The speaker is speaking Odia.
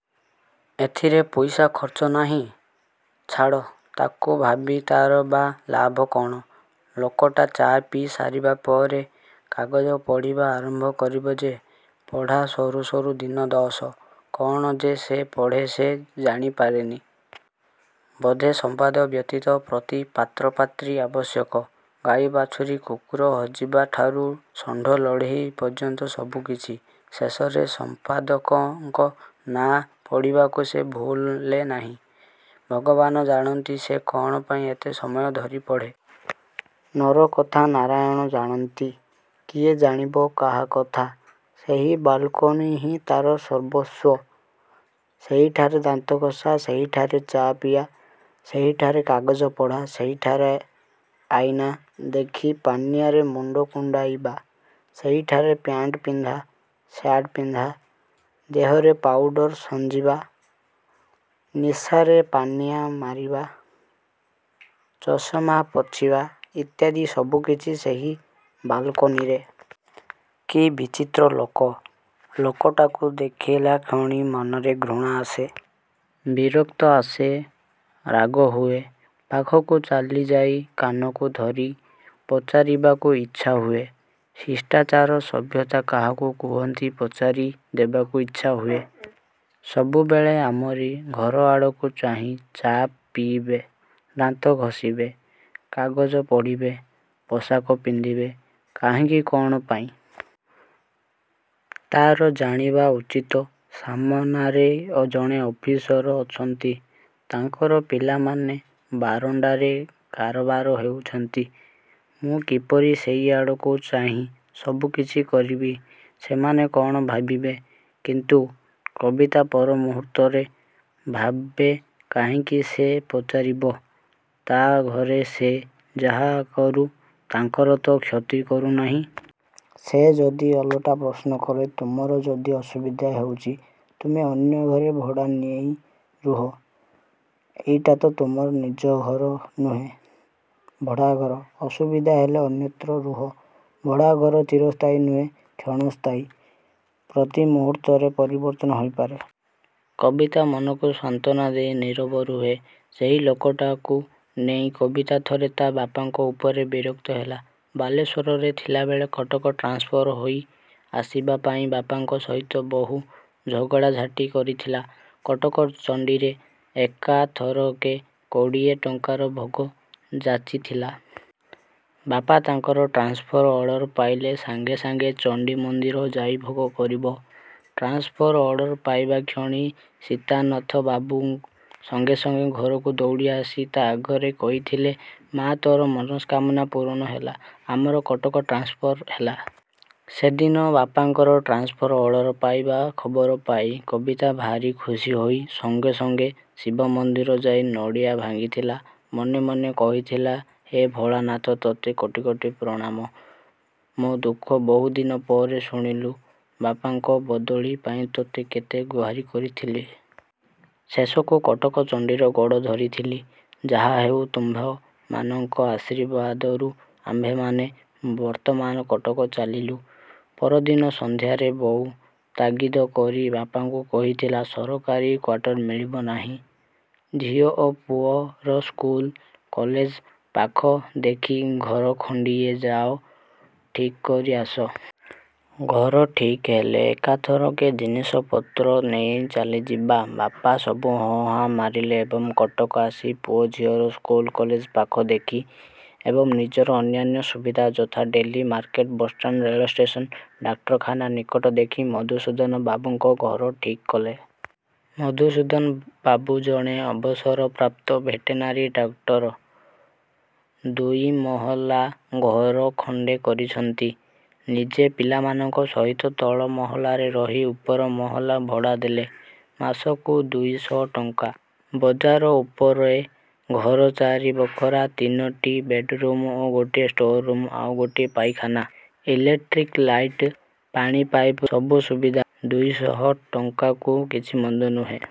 ଏଥିରେ ପଇସା ଖର୍ଚ୍ଚ ନାହିଁ। ଛାଡ଼, ତା'କୁ ଭାବି ତା'ର ବା ଲାଭ କ'ଣ। ଲୋକଟା ଚା' ପିଇ ସାରିବା ପରେ କାଗଜ ପଢ଼ିବା ଆରମ୍ଭ କରିବ ଯେ, ପଢ଼ା ସରୁ ସରୁ ଦିନ ଦଶ। କ'ଣ ଯେ ସେ ପଢ଼େ ସେ ଜାଣି ପାରେନି। ବୋଧେ ସମ୍ୱାଦ ବ୍ୟତୀତ, ପ୍ରତି ପାତ୍ର ପାତ୍ରୀ ଆବଶ୍ୟକ, ଗାଈ ବାଛୁରୀ, କୁକୁର ହଜିବା ଠାରୁ ଷଣ୍ଡ ଲଢ଼େଇ ପର୍ଯ୍ୟନ୍ତ ସବୁ କିଛି। ଶେଷରେ ସମ୍ପାଦକଙ୍କ ନାଁ ପଢ଼ିବାକୁ ସେ ଭୁଲେ ନାହିଁ। ଭଗବାନ ଜାଣନ୍ତି ସେ କ'ଣ ପାଇଁ ଏତେ ସମୟ ଧରି ପଢ଼େ। ନରକଥା ନାରାୟଣ ଜାଣନ୍ତି। କିଏ ଜାଣିବ କାହା କଥା। ସେହି ବାଲ୍କୋନି ହିଁ ତା'ର ସର୍ବସ୍ୱ। ସେହିଠାରେ ଦାନ୍ତଘଷା, ସେହିଠାରେ ଚା' ପିଆ, ସେହିଠାରେ କାଗଜ ପଢ଼ା, ସେହିଠାରେ ଆଇନା ଦେଖି ପାନିଆରେ ମୁଣ୍ଡ କୁଣ୍ଡାଇବା, ସେହିଠାରେ ପ୍ୟାଣ୍ଟ ପିନ୍ଧା, ସାଟ୍ ପିନ୍ଧା ଦେହରେ ପାଉଡ଼ର ସିଞ୍ଚିବା, ନିଶାରେ ପାନିଆ ମାରିବା, ଚଷମା ପୋଛିବା, ଇତ୍ୟାଦି ସବୁକିଛି ସେହି ବାଲକୋନିରେ। କି ବିଚିତ୍ର ଲୋକ। ଲୋକଟାକୁ ଦେଖିଲାକ୍ଷଣି ମନରେ ଘୃଣା ଆସେ। ବିରକ୍ତ ଆସେ, ରାଗ ହୁଏ। ପାଖକୁ ଚାଲିଯାଇ କାନକୁ ଧରି ପଚାରିବାକୁ ଇଚ୍ଛା ହୁଏ। ଶିଷ୍ଟାଚାର ସଭ୍ୟତା କାହାକୁ କହନ୍ତି ପଚାରି ଦେବାକୁ ଇଚ୍ଛା ହୁଏ? ସବୁବେଳେ ଆମରି ଘରଆଡ଼କୁ ଚାହିଁ ଚା ପିଇବେ, ଦାନ୍ତ ଘଷିବେ, କାଗଜ ପଢ଼ିବେ, ପୋଷାକ ପିନ୍ଧିବେ, କାହିଁକି କ'ଣ ପାଇଁ। ତା'ର ଜାଣିବା ଉଚିତ ସାମନାରେ ଜଣେ ଅଫିସର ଅଛନ୍ତି। ତାଙ୍କର ପିଲାମାନେ ବାରଣ୍ଡାରେ କାରବାର ହେଉଛନ୍ତି। ମୁଁ କିପରି ସେଇ ଆଡ଼କୁ ଚାହିଁ ସବୁକିଛି କରିବି? ସେମାନେ କ'ଣ ଭାବିବେ? କିନ୍ତୁ କବିତା ପର ମୁହୂର୍ତ୍ତରେ ଭାବେ କାହିଁକି ସେ ପଚାରିବ? ତା' ଘରେ ସେ ଯାହାକରୁ ତାଙ୍କର ତ କ୍ଷତି କରୁନାହିଁ। ସେ ଯଦି ଓଲଟା ପ୍ରଶ୍ନ କରେ ତୁମର ଯଦି ଅସୁବିଧା ହେଉଛି ତୁମେ ଅନ୍ୟ ଘରେ ଭଡ଼ା ନେଇ ରୁହ। ଏଇଟା ତ ତୁମର ନିଜ ଘର ନୁହେଁ, ଭଡ଼ାଘର। ଅସୁବିଧା ହେଲେ ଅନ୍ୟତ୍ର ରୁହ। ଭଡ଼ାଘର ଚିରସ୍ଥାୟୀ ନୁହେଁ। କ୍ଷଣସ୍ଥାୟୀ। ପ୍ରତି ମୁହୂର୍ତ୍ତରେ ପରିବର୍ତ୍ତନ ହୋଇପାରେ। କବିତା ମନକୁ ସାନ୍ତ୍ୱନା ଦେଇ ନୀରବ ରୁହେ। ସେହି ଲୋକଟାକୁ ନେଇ କବିତା ଥରେ ତା' ବାପାଙ୍କ ଉପରେ ବିରକ୍ତ ହେଲା। ବାଲେଶ୍ୱରରେ ଥିଲାବେଳେ କଟକ ଟ୍ରାନ୍ସଫର ହୋଇ ଆସିବା ପାଇଁ ବାପାଙ୍କ ସହିତ ବହୁତ ଝଗଡ଼ାଝାଟି କରିଥିଲା। କଟକଚଣ୍ଡୀରେ ଏକାଥରକେ କୋଡ଼ିଏ ଟଙ୍କାର ଭୋଗ ଯାଚିଥିଲା। ବାପା ତାଙ୍କର ଟ୍ରାନ୍ସଫର ଅର୍ଡର ପାଇଲେ ସାଙ୍ଗେ ସାଙ୍ଗେ ଚଣ୍ଡୀ ମନ୍ଦିର ଯାଇ ଭୋଗ କରିବ। ଟ୍ରାନ୍ସଫର ଅର୍ଡର ପାଇବା କ୍ଷଣି ସୀତାନାଥବାବୁ ସଙ୍ଗେ ସଙ୍ଗେ ଘରକୁ ଦୌଡ଼ି ଆସି ତା' ଆଗରେ କହିଥିଲେ, ମା' ତୋର ମନସ୍କାମନା ପୂରଣ ହେଲା। ଆମର କଟକ ଟ୍ରାନ୍ସଫର ହେଲା। ସେଦିନ ବାପାଙ୍କର ଟ୍ରାନ୍ସଫର ଅର୍ଡର ପାଇବା ଖବର ପାଇ କବିତା ଭାରି ଖୁସିହୋଇ ସଙ୍ଗେ ସଙ୍ଗେ ଶିବ ମନ୍ଦିର ଯାଇ ନଡ଼ିଆ ଭାଙ୍ଗିଥିଲା। ମନେମନେ କହିଥିଲା ହେ ଭୋଳାନାଥ ତୋତେ କୋଟି କୋଟି ପ୍ରଣାମ। ମୋ ଦୁଃଖ ବହୁଦିନ ପରେ ଶୁଣିଲୁ। ବାପାଙ୍କ ବଦଳି ପାଇଁ ତୋତେ କେତେ ଗୁହାରି କରିଥିଲି। ଶେଷକୁ କଟକଚଣ୍ଡୀର ଗୋଡ଼ ଧରିଥିଲି। ଯାହାହେଉ ତୁମ୍ଭମାନଙ୍କ ଆଶୀର୍ବାଦରୁ ଆମ୍ଭେମାନେ ବର୍ତ୍ତମାନ କଟକ ଚାଲିଲୁ। ପରଦିନ ସନ୍ଧ୍ୟାରେ ବୋଉ ତାଗିଦ କରି ବାପାଙ୍କୁ କହିଥିଲା-ସରକାରୀ କ୍ୱାଟର ମିଳିବ ନାହିଁ, ଝିଅ ଓ ପୁଅର ସ୍କୁଲ କଲେଜ ପାଖ ଦେଖି ଘର ଖଣ୍ଡିଏ ଯାଅ ଠିକ୍ କରି ଆସ। ଘର ଠିକ୍ ହେଲେ ଏକାଥରକେ ଜିନିଷପତ୍ର ନେଇ ଚାଲିଯିବା। ବାପା ସବୁ ହଁ ହାଁ ମାରିଲେ ଏବଂ କଟକ ଆସି ପୁଅ ଝିଅର ସ୍କୁଲ କଲେଜ ପାଖ ଦେଖି ଏବଂ ନିଜର ଅନ୍ୟାନ୍ୟ ସୁବିଧା ଯଥା-ଡେଲି ମାର୍କେଟ, ବସ୍ଷ୍ଟାଣ୍ଡ, ରେଲ୍ ଷ୍ଟେସନ, ଡାକ୍ତରଖାନା ନିକଟ ଦେଖି ମଧୁସୂଦନବାବୁଙ୍କ ଘର ଠିକ୍ କଲେ। ମଧୁସୂଦନବାବୁ ଜଣେ ଅବସରପ୍ରାପ୍ତ ଭେଟେନାରୀ ଡାକ୍ତର। ଦୁଇ ମହଲା ଘର ଖଣ୍ଡେ କରିଛନ୍ତି। ନିଜେ ପିଲାମାନଙ୍କ ସହିତ ତଳ ମହଲାରେ ରହି ଉପର ମହଲା ଭଡ଼ା ଦେଲେ। ମାସକୁ ଦୁଇଶହ ଟଙ୍କା। ବଜାର ଉପରେ ଘର ଚାରି ବଖରା, ତିନୋଟି ବେଡ୍ ରୁମ୍ ଓ ଗୋଟିଏ ଷ୍ଟୋର୍ ରୁମ୍, ଆଉ ଗୋଟିଏ ପାଇଖାନା, ଇଲେକ୍ଟ୍ରିକ୍ ଲାଇଟ୍, ପାଣି ପାଇପ୍, ସବୁ ସୁବିଧା। ଦୁଇଶହ ଟଙ୍କାକୁ କିଛି ମନ୍ଦ ନୁହେଁ।